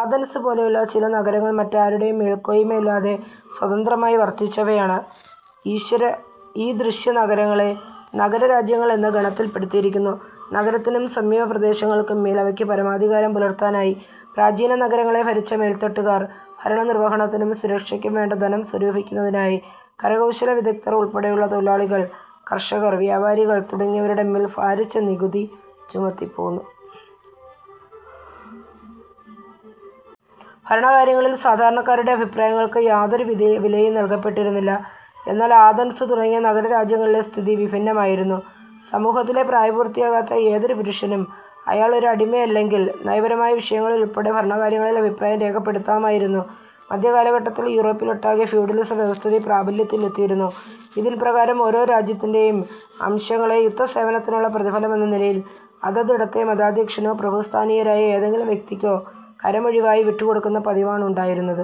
Athens പോലെയുള്ള ചില നഗരങ്ങൾ മറ്റാരുടെയും മേൽക്കോയ്മയില്ലാതെ സ്വതന്ത്രമായി വർത്തിച്ചവയാണ്. ഈശ്വര ഈദൃശ നഗരങ്ങളെ 'നഗര രാജ്യങ്ങൾ' എന്ന ഗണത്തിൽപ്പെടുത്തിയിരിക്കുന്നു. നഗരത്തിനും സമീപപ്രദേശങ്ങൾക്കുംമേൽ ഇവയ്ക്ക് പരമാധികാരം പുലർത്താനായി. പ്രാചീന നഗരങ്ങളെ ഭരിച്ച മേൽത്തട്ടുകാർ ഭരണനിർവഹണത്തിനും സുരക്ഷയ്ക്കുംവേണ്ട ധനം സ്വരൂപിക്കുന്നതിനായി കരകൌശലവിദഗ്ദ്ധർ ഉൾപ്പെടെയുള്ള തൊഴിലാളികൾ, കർഷകർ, വ്യാപാരികൾ തുടങ്ങിയവരുടെമേൽ ഭാരിച്ച നികുതി ചുമത്തിപ്പോന്നു. ഭരണകാര്യങ്ങളിൽ സാധാരണക്കാരുടെ അഭിപ്രായങ്ങൾക്ക് യാതൊരു വിലയും വിലയും നല്കപ്പെട്ടിരുന്നില്ല. എന്നാൽ ആഥൻസ് തുടങ്ങിയ നഗരരാജ്യങ്ങളിലെസ്ഥിതി വിഭിന്നമായിരുന്നു. സമൂഹത്തിലെ പ്രായപൂർത്തിയാകാത്ത ഏതൊരു പുരുഷനും, അയാൾ ഒരു അടിമയല്ലെങ്കിൽ, നയപരമായ വിഷയങ്ങളിലുൾപ്പെടെ ഭരണകാര്യങ്ങളിൽ അഭിപ്രായം രേഖപ്പെടുത്താമായിരുന്നു. മധ്യകാലഘട്ടത്തിൽ യൂറോപ്പിലൊട്ടാകെ ഫ്യൂഡലിസ വ്യവസ്ഥിതി പ്രാബല്യത്തിലെത്തിയിരുന്നു. ഇതിൻപ്രകാരം ഓരോ രാജ്യത്തിന്റെയും അംശങ്ങളെ യുദ്ധസേവനത്തിനുള്ള പ്രതിഫലമെന്ന നിലയിൽ, അതതിടത്തെ മതാധ്യക്ഷനോ പ്രഭുസ്ഥാനീയനായ ഏതെങ്കിലും വ്യക്തിക്കോ കരമൊഴിവായി വിട്ടുകൊടുക്കുന്ന പതിവാണുണ്ടായിരുന്നത്.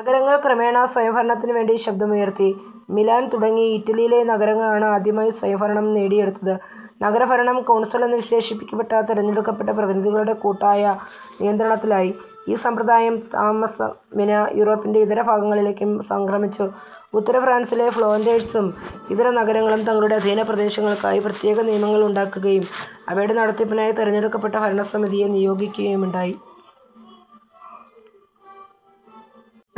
നഗരങ്ങൾ ക്രമേണ സ്വയംഭരണത്തിനുവേണ്ടി ശബ്ദമുയർത്തി. മിലാൻ തുടങ്ങി ഇറ്റലിയിലെ നഗരങ്ങളാണ് ആദ്യമായി സ്വയംഭരണം നേടിയെടുത്തത്; നഗരഭരണം കോൺസൽ എന്ന് വിശേഷിപ്പിക്കപ്പെട്ട തെരഞ്ഞെടുക്കപ്പെട്ട പ്രതിനിധികളുടെ കൂട്ടായ നിയന്ത്രണത്തിലായി. ഈ സമ്പ്രദായം താമസംവിനാ യൂറോപ്പിന്റെ ഇതരഭാഗങ്ങളിലേക്കും സംക്രമിച്ചു. ഉത്തരഫ്രാൻസിലെ ഫ്ളാൻഡേഴ്സും ഇതര നഗരങ്ങളും തങ്ങളുടെ അധീനപ്രദേശങ്ങൾക്കായി പ്രത്യേക നിയമങ്ങളുണ്ടാക്കുകയും അവയുടെ നടത്തിപ്പിനായി തെരഞ്ഞെടുക്കപ്പെട്ട ഭരണസമിതിയെ നിയോഗിക്കുകയുമുണ്ടായി.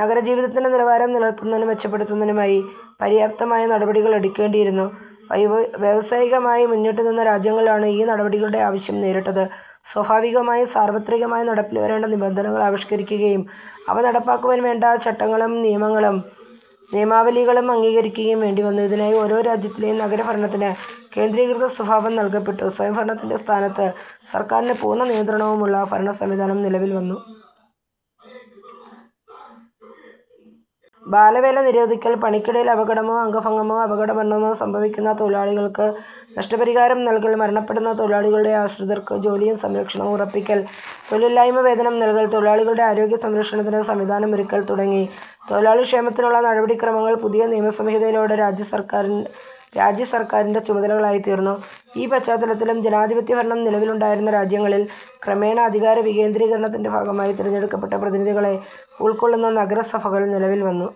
നഗരജീവിതത്തിന്റെ നിലവാരം നിലനിർത്തുന്നതിനും മെച്ചപ്പെടുത്തുന്നതിനുമായി പര്യാപ്തമായ നടപടികൾ എടുക്കേണ്ടിയിരുന്നു. വൈയവസായികമായി മുന്നിട്ടുനിന്ന രാജ്യങ്ങളിലാണ് ഈ നടപടികളുടെ അത്യാവശ്യം നേരിട്ടത്. സ്വാഭാവികമായും സാർവത്രികമായി നടപ്പിൽവരേണ്ട നിബന്ധനകൾ ആവിഷ്കരിക്കുകയും അവ നടപ്പാക്കുവാൻവേണ്ട ചട്ടങ്ങളും നിയമങ്ങളും നിയമാവലികളും അംഗീകരിക്കുകയും വേണ്ടിവന്നു. ഇതിനായി ഓരോ രാജ്യത്തിലെയും നഗരഭരണത്തിന് കേന്ദ്രീകൃത സ്വഭാവം നല്കപ്പെട്ടു. സ്വയംഭരണത്തിന്റെ സ്ഥാനത്ത് സർക്കാരിന് പൂർണനിയന്ത്രണവുമുള്ള ഭരണസംവിധാനം നിലവിൽവന്നു. ബാലവേല നിരോധിക്കൽ, പണിക്കിടയിൽ അപകടമോ അംഗഭംഗമോ, അപകടമരണമോ സംഭവിക്കുന്ന തൊഴിലാളികൾക്ക് നഷ്ടപരിഹാരം നല്കൽ, മരണപ്പെടുന്ന തൊഴിലാളികളുടെ ആശ്രിതർക്ക് ജോലിയും സംരക്ഷണവും ഉറപ്പിക്കൽ, തൊഴിലില്ലായ്മ വേതനം നല്കൽ, തൊഴിലാളികളുടെ ആരോഗ്യസംരക്ഷണത്തിനു സംവിധാനമൊരുക്കൽ തുടങ്ങി തൊഴിലാളിക്ഷേമത്തിനുള്ള നടപടിക്രമങ്ങൾ പുതിയ നിയമസംഹിതയിലൂടെ രാജ്യസർക്കാരിന്റെ ചുമതലകളായിത്തീർന്നു. ഈ പശ്ചാത്തലത്തിലും ജനാധിപത്യഭരണം നിലവിലുണ്ടായിരുന്ന രാജ്യങ്ങളിൽ ക്രമേണ അധികാരവികേന്ദ്രീകരണത്തിന്റെ ഭാഗമായി തെരഞ്ഞെടുക്കപ്പെട്ട പ്രതിനിധികളെ ഉൾക്കൊള്ളുന്ന നഗരസഭകൾ നിലവിൽവന്നു.